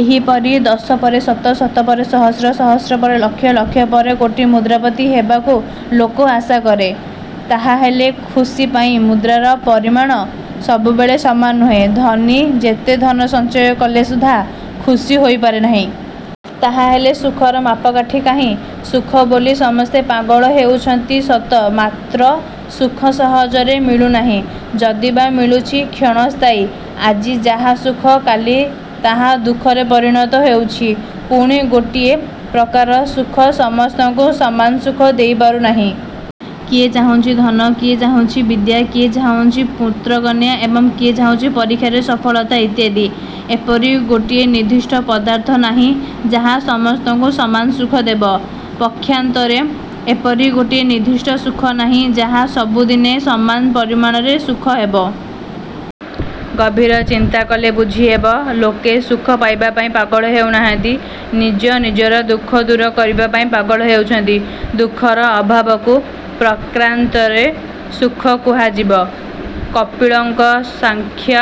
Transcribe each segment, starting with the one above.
ଏହିପରି ଦଶ ପରେ ଶତ, ଶତ ପରେ ସହସ୍ର, ସହସ୍ର ପରେ ଲକ୍ଷ, ଲକ୍ଷ ପରେ କୋଟି ମୁଦ୍ରାପତି ହେବାକୁ ଲୋକ ଆଶା କରେ। ତାହାହେଲେ ଖୁସି ପାଇଁ ମୁଦ୍ରାର ପରିମାଣ ସବୁବେଳେ ସମାନ ନୁହେଁ। ଧନୀ ଯେତେ ଧନ ସଞ୍ଚୟ କଲେ ସୁଦ୍ଧା ଖୁସି ହୋଇପାରେ ନାହିଁ। ତାହାହେଲେ। ସୁଖର ମାପକାଠି କାହିଁ? ସୁଖ। ବୋଲି ସମସ୍ତେ ପାଗଳ ହେଉଛନ୍ତି ସତ ମାତ୍ର ସୁଖ ସହଜରେ ମିଳୁନାହିଁ। ଯଦିବା ମିଳୁଛି, କ୍ଷଣସ୍ଥାୟୀ। ଆଜି ଯାହା ସୁଖ କାଲି ତାହା ଦୁଃଖରେ ପରିଣତ ହେଉଛି। ପୁଣି ଗୋଟିଏ ପ୍ରକାର ସୁଖ ସମସ୍ତଙ୍କୁ ସମାନ ସୁଖ ଦେଇପାରୁ ନାହିଁ-। କିଏ ଚାହୁଁଛି ଧନ, କିଏ ଚାହୁଁଛି ବିଦ୍ୟା, କିଏ ଚାହୁଁଛି ପୁତ୍ରକନ୍ୟା ଏବଂ କିଏ ଚାହୁଁଛି ପରୀକ୍ଷାରେ ସଫଳତା ଇତ୍ୟାଦି। ଏପରି ଗୋଟିଏ ନିର୍ଦ୍ଦିଷ୍ଟ ପଦାର୍ଥ ନାହିଁ, ଯାହା ସମସ୍ତଙ୍କୁ ସମାନ ସୁଖ ଦେବ। ପକ୍ଷାନ୍ତରେ ଏପରି ଗୋଟିଏ ନିର୍ଦ୍ଦିଷ୍ଟ ସୁଖ ନାହିଁ ଯାହା ସବୁଦିନେ ସମାନ ପରିଣାମରେ ସୁଖ ହେବ-। ଗଭୀର ଚିନ୍ତା କଲେ ବୁଝିହେବ, ଲୋକେ ସୁଖ ପାଇବା ପାଇଁ ପାଗଳ ହେଉ ନାହାନ୍ତି; ନିଜ ନିଜର ଦୁଃଖ ଦୂର କରିବା ପାଇଁ ପାଗଳ ହେଉଛନ୍ତି। ଦୁଃଖର ଅଭାବକୁ ପ୍ରକାରାନ୍ତରେ ସୁଖ କୁହାଯିବ। କପିଳଙ୍କ ସାଂଖ୍ୟ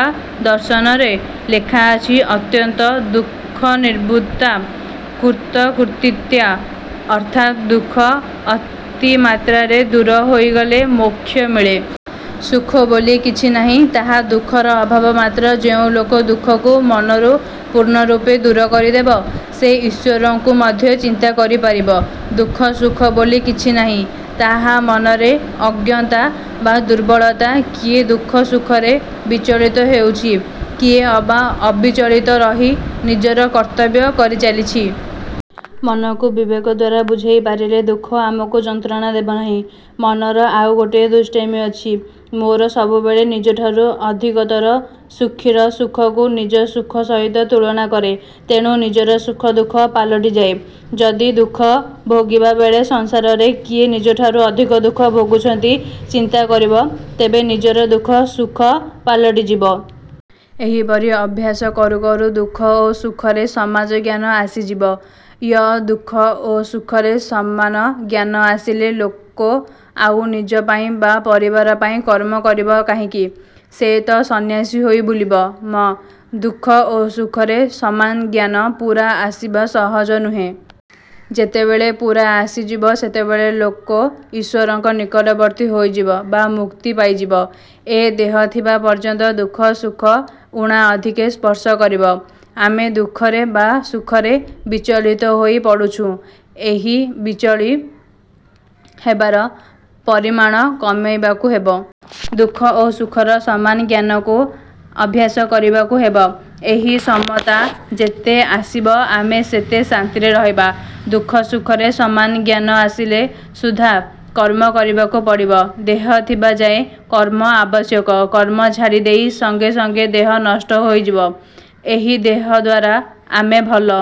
ଦର୍ଶନରେ ଲେଖାଅଛି, ଅତ୍ୟନ୍ତ ଦୁଃଖନିବୃତ୍ତ୍ୟା କୃତକୃତ୍ୟତା। ଅର୍ଥାତ୍ ଦୁଃଖ ଅତିମାତ୍ରାରେ ଦୂର ହୋଇଗଲେ ମୋକ୍ଷ ମିଳେ। "ସୁଖ ବୋଲି କିଛି ନାହିଁ, ତାହା ଦୁଃଖର ଅଭାବ ମାତ୍ର। " ଯେଉଁ ଲୋକ ଦୁଃଖକୁ ମନରୁ ପୂର୍ଣ୍ଣରୂପେ ଦୂର କରିଦେବ, ସେ ଈଶ୍ଵରଙ୍କୁ ମଧ୍ୟ ଚିନ୍ତା କରିପାରିବ। ଦୁଃଖ ସୁଖ ବୋଲି କିଛି ନାହିଁ, ତାହା ମନରେ ଅଜ୍ଞତା ବା ଦୁର୍ବଳତା। କିଏ ଦୁଃଖ ସୁଖରେ ବିଚଳିତ ହେଉଛି, କିଏ ଅବା ଅବିଚଳିତ ରହି ନିଜର କର୍ତ୍ତବ୍ୟ କରି ଚାଲିଛି। ମନକୁ ବିବେକ ଦ୍ଵାରା ବୁଝାଇ ପାରିଲେ ଦୁଃଖ ଆମକୁ ଯନ୍ତ୍ରଣା ଦେବ ନାହିଁ। ମନର ଆଉ ଗୋଟିଏ ଦୁଷ୍ଟାମି ଅଛି। ମୋର ସବୁବେଳେ ନିଜଠାରୁ ଅଧିକତର ସୁଖୀର ସୁଖକୁ ନିଜ ସୁଖ ସହିତ ତୁଳନା କରେ। ତେଣୁ ନିଜର ସୁଖ ଦୁଃଖ ପାଲଟିଯାଏ। ଯଦି ଦୁଃଖ ଭୋଗିବାବେଳେ ସଂସାରରେ କିଏ ନିଜଠାରୁ ଅଧିକ ଦୁଃଖ ଭୋଗୁଛନ୍ତି, ଚିନ୍ତା କରିବ; ତେବେ ନିଜର ଦୁଃଖ ସୁଖ ପାଲଟିଯିବ। ଏହିପରି ଅଭ୍ୟାସ କରୁ କରୁ ଦୁଃଖ ଓ ସୁଖରେ ସମାନ ଜ୍ଞାନ ଆସିଯିବ। ୟ-ଦୁଃଖ ଓ ସୁଖରେ ସମାନ ଜ୍ଞାନ ଆସିଲେ ଲୋକ ଆଉ ନିଜ ପାଇଁ ବା ପରିବାର ପାଇଁ କର୍ମ କରିବ କାହିଁକି? ସେ ତ ସନ୍ନ୍ୟାସୀ ହୋଇ ବୁଲିବ। ମ-ଦୁଃଖ ଓ ସୁଖରେ ସମାନ ଜ୍ଞାନ ପୂରା ଆସିବା ସହଜ ନୁହେଁ। ଯେତେବେଳେ ପୂରା ଆସିଯିବ, ସେତେବେଳେ ଲୋକ ଈଶ୍ଵରଙ୍କ ନିକଟବର୍ତ୍ତୀ ହୋଇଯିବ ବା ମୁକ୍ତି ପାଇଯିବ। ଏ ଦେହ ଥିବା ପର୍ଯ୍ୟନ୍ତ ଦୁଃଖ ସୁଖ ଊଣାଅଧିକେ ସ୍ପର୍ଶ କରିବ। ଆମେ ଦୁଃଖରେ ବା ସୁଖରେ ବିଚଳିତ ହୋଇ ପଡ଼ୁଛୁଁ। ଏହି ବିଚଳି ହେବାର ପରିମାଣ କମାଇବାକୁ ହେବ। ଦୁଃଖ ଓ ସୁଖର ସମାନ ଜ୍ଞାନକୁ ଅଭ୍ୟାସ କରିବାକୁ ହେବ। ଏହି ସମତା ଯେତେ ଆସିବ ଆମେ ସେତେ ଶାନ୍ତିରେ ରହିବା। ଦୁଃଖ ସୁଖରେ ସମାନ ଜ୍ଞାନ ଆସିଲେ ସୁଦ୍ଧା କର୍ମ କରିବାକୁ ପଡ଼ିବ। ଦେହ ଥିବା ଯାଏ କର୍ମ ଆବଶ୍ୟକ। କର୍ମ ଛାଡ଼ି ଦେଇ ସଙ୍ଗେ ସଙ୍ଗେ ଦେହ ନଷ୍ଟ ହୋଇଯିବ। ଏହି ଦେହଦ୍ୱାରା ଆମେ ଭଲ